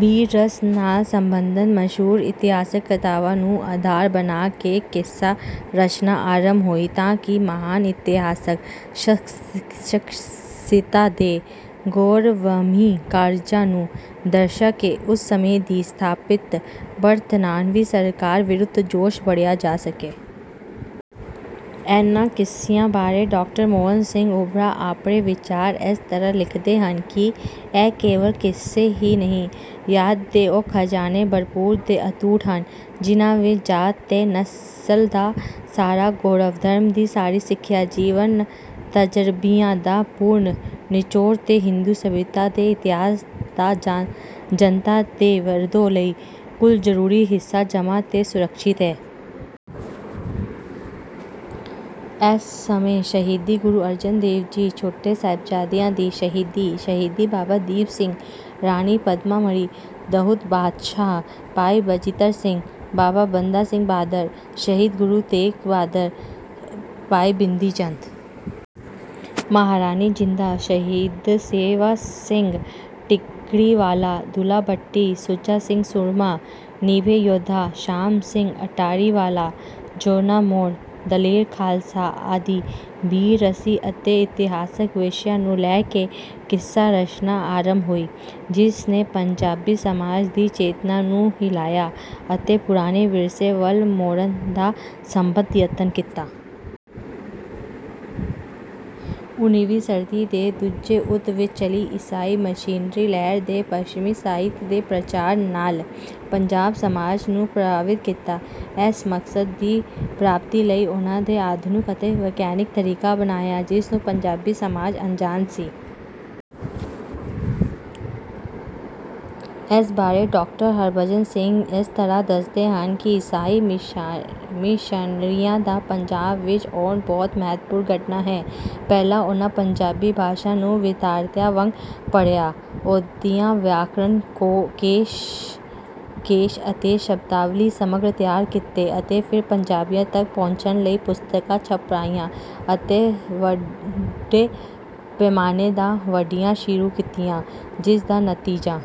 ਬੀਰ ਰਸ ਨਾਲ ਸੰਬੰਧਤ ਮਸ਼ਹੂਰ ਇਤਿਹਾਸਕ ਕਥਾਵਾਂ ਨੂੰ ਅਧਾਰ ਬਣਾ ਕੇ ਕਿੱਸਾ ਰਚਨਾ ਆਰੰਭ ਹੋਈ ਤਾਂ ਕਿ ਮਹਾਨ ਇਤਿਹਾਸਕ ਸ਼ਖਸੀਅਤਾਂ ਦੇ ਗੌਰਵਮਈ ਕਾਰਜਾਂ ਨੂੰ ਦਰਸਾ ਕੇ ਉਸ ਸਮੇਂ ਦੀ ਸਥਾਪਿਤ ਬਰਤਾਨਵੀਂ ਸਰਕਾਰ ਵਿਰੁੱਧ ਜੋਸ਼ ਭਰਿਆ ਜਾ ਸਕੇ। ਇਨ੍ਹਾਂ ਕਿੱਸਿਆਂ ਬਾਰੇ ਡਾਕਟਰ ਮੋਹਨ ਸਿੰਘ ਉਬਰਾ ਆਪਣੇ ਵਿਚਾਰ ਇਸ ਤਰ੍ਹਾਂ ਲਿਖਦੇ ਹਨ ਕਿ ਇਹ ਕੇਵਲ ਕਿੱਸੇ ਹੀ ਨਹੀਂ ਯਾਦ ਦੇ ਉਹ ਖਜਾਨੇ ਭਰਪੂਰ ਤੇ ਅਤੁੱਟ ਹਨ। ਜਿਹਨਾਂ ਵਿੱਚ ਜਾਤ ਤੇ ਨਸਲ ਦਾ ਸਾਰਾ ਗੌਰਵ ਧਰਮ ਦੀ ਸਾਰੀ ਸਿੱਖਿਆ ਜੀਵਨ ਤਜ਼ਰਬਿਆਂ ਦਾ ਪੂਰਨ ਨਿਚੋੜ ਤੇ ਹਿੰਦੂ ਸਭਿਅਤਾ ਤੇ ਇਤਿਹਾਸ ਦਾ ਜਨਤਾ ਦੇ ਵਰਤੋਂ ਲਈ ਕੁਲ ਜ਼ਰੂਰੀ ਹਿੱਸਾ ਜਮ੍ਹਾਂ ਤੇ ਸੁਰੱਖਿਅਤ ਹੈ। ਇਸ ਸਮੇਂ ਸਹੀਦੀ ਗੁਰੂ ਅਰਜਨ ਦੇਵ ਜੀ ਛੋਟੇ ਸਾਹਿਬਜ਼ਾਦਿਆਂ ਦੀ ਸ਼ਹੀਦੀ ਸ਼ਹੀਦ ਬਾਬਾ ਦੀਪ ਸਿੰਘ ਰਾਣੀ ਪਦਮਣੀ ਦਹੂਦ ਬਾਦਸ਼ਾਹ ਭਾਈ ਬਚਿੱਤਰ ਸਿੰਘ ਬਾਬਾ ਬੰਦਾ ਸਿੰਘ ਬਹਾਦਰ ਸ਼ਹੀਦ ਗੁਰੂ ਤੇਗ ਬਹਾਦਰ ਭਾਈ ਬਿਧੀ ਚੰਦ ਮਹਾਰਾਣੀ ਜਿੰਦਾਂ ਸ਼ਹੀਦ ਸੇਵਾ ਸਿੰਘ ਠੀਕਰੀਵਾਲਾਂ ਦੁੱਲਾ ਭੱਟੀ ਸੁੱਚਾ ਸਿੰਘ ਸੂਰਮਾ ਨਿਰਭੈ ਯੋਧਾ ਸ਼ਾਮ ਸਿੰਘ ਅਟਾਰੀਵਾਲਾ ਜਿਉਣਾ ਮੋੜ ਦਲੇਰ ਖਾਲਸਾ ਆਦਿ ਬੀਰ ਰਸੀ ਅਤੇ ਇਤਿਹਾਸਕ ਵਿਸ਼ਿਆਂ ਨੂੰ ਲੈ ਕੇ ਕਿੱਸਾ ਰਚਨਾ ਆਰੰਭ ਹੋਈ ਜਿਸ ਨੇ ਪੰਜਾਬੀ ਸਮਾਜ ਦੀ ਚੇਤਨਾ ਨੂੰ ਹਿਲਾਇਆ ਅਤੇ ਪੁਰਾਣੇ ਵਿਰਸੇ ਵੱਲ ਮੋੜਨ ਦਾ ਸੰਭਵ ਯਤਨ ਕੀਤਾ। ਉਨ੍ਹੀਵੀਂ ਸਦੀ ਦੇ ਦੂਸਰੇ ਅੱਧ ਵਿੱਚ ਚੱਲੀ ਈਸਾਈ ਮਿਸ਼ਨਰੀ ਲਹਿਰ ਨੇ ਪੱਛਮੀ ਸਾਹਿਤ ਦੇ ਪ੍ਰਚਾਰ ਨਾਲ ਪੰਜਾਬ ਸਮਾਜ ਨੂੰ ਪ੍ਰਭਾਵਿਤ ਕੀਤਾ। ਇਸ ਮਕਸਦ ਦੀ ਪ੍ਰਾਪਤੀ ਲਈ ਉਨ੍ਹਾਂ ਨੇ ਆਧੁਨਿਕ ਤੇ ਵਿਗਿਆਨਕ ਤਰੀਕਾ ਅਪਨਾਇਆ ਜਿਸ ਤੋਂ ਪੰਜਾਬੀ ਸਮਾਜ ਅਣਜਾਣ ਸੀ। ਇਸ ਬਾਰੇ ਡਾਕਟਰ ਹਰਿਭਜਨ ਸਿੰਘ ਇਸ ਤਰ੍ਹਾਂ ਦੱਸਦੇ ਹਨ ਕਿ ਈਸਾਈ ਮਿਸ਼ਨਰੀਆਂ ਦਾ ਪੰਜਾਬ ਵਿੱਚ ਆਉਣਾ ਬਹੁਤ ਮਹੱਤਵਪੂਰਨ ਘਟਨਾ ਹੈ। ਪਹਿਲਾਂ ਉਨ੍ਹਾਂ ਪੰਜਾਬੀ ਭਾਸ਼ਾ ਨੂੰ ਵਿਦਿਆਰਥੀਆਂ ਵਾਂਗ ਪੜ੍ਹਿਆ ਉਹ ਦੀਆਂ ਵਿਆਕਰਨਾਂ ਕੋਸ਼ ਅਤੇ ਸ਼ਬਦਾਵਲੀ ਸੰਗ੍ਰਹਿ ਤਿਆਰ ਕੀਤੇ ਅਤੇ ਫੇਰ ਪੰਜਾਬੀਆਂ ਤੱਕ ਪਹੁੰਚਣ ਲਈ ਪੁਸਤਕਾਂ ਛਾਪਣੀਆਂ ਅਤੇ ਵੱਡੇ ਪੈਮਾਨੇ ਤੇ ਵੰਡਣੀਆਂ ਸ਼ੁਰੂ ਕੀਤੀਆਂ। ਜਿਸ ਦਾ ਨਤੀਜਾ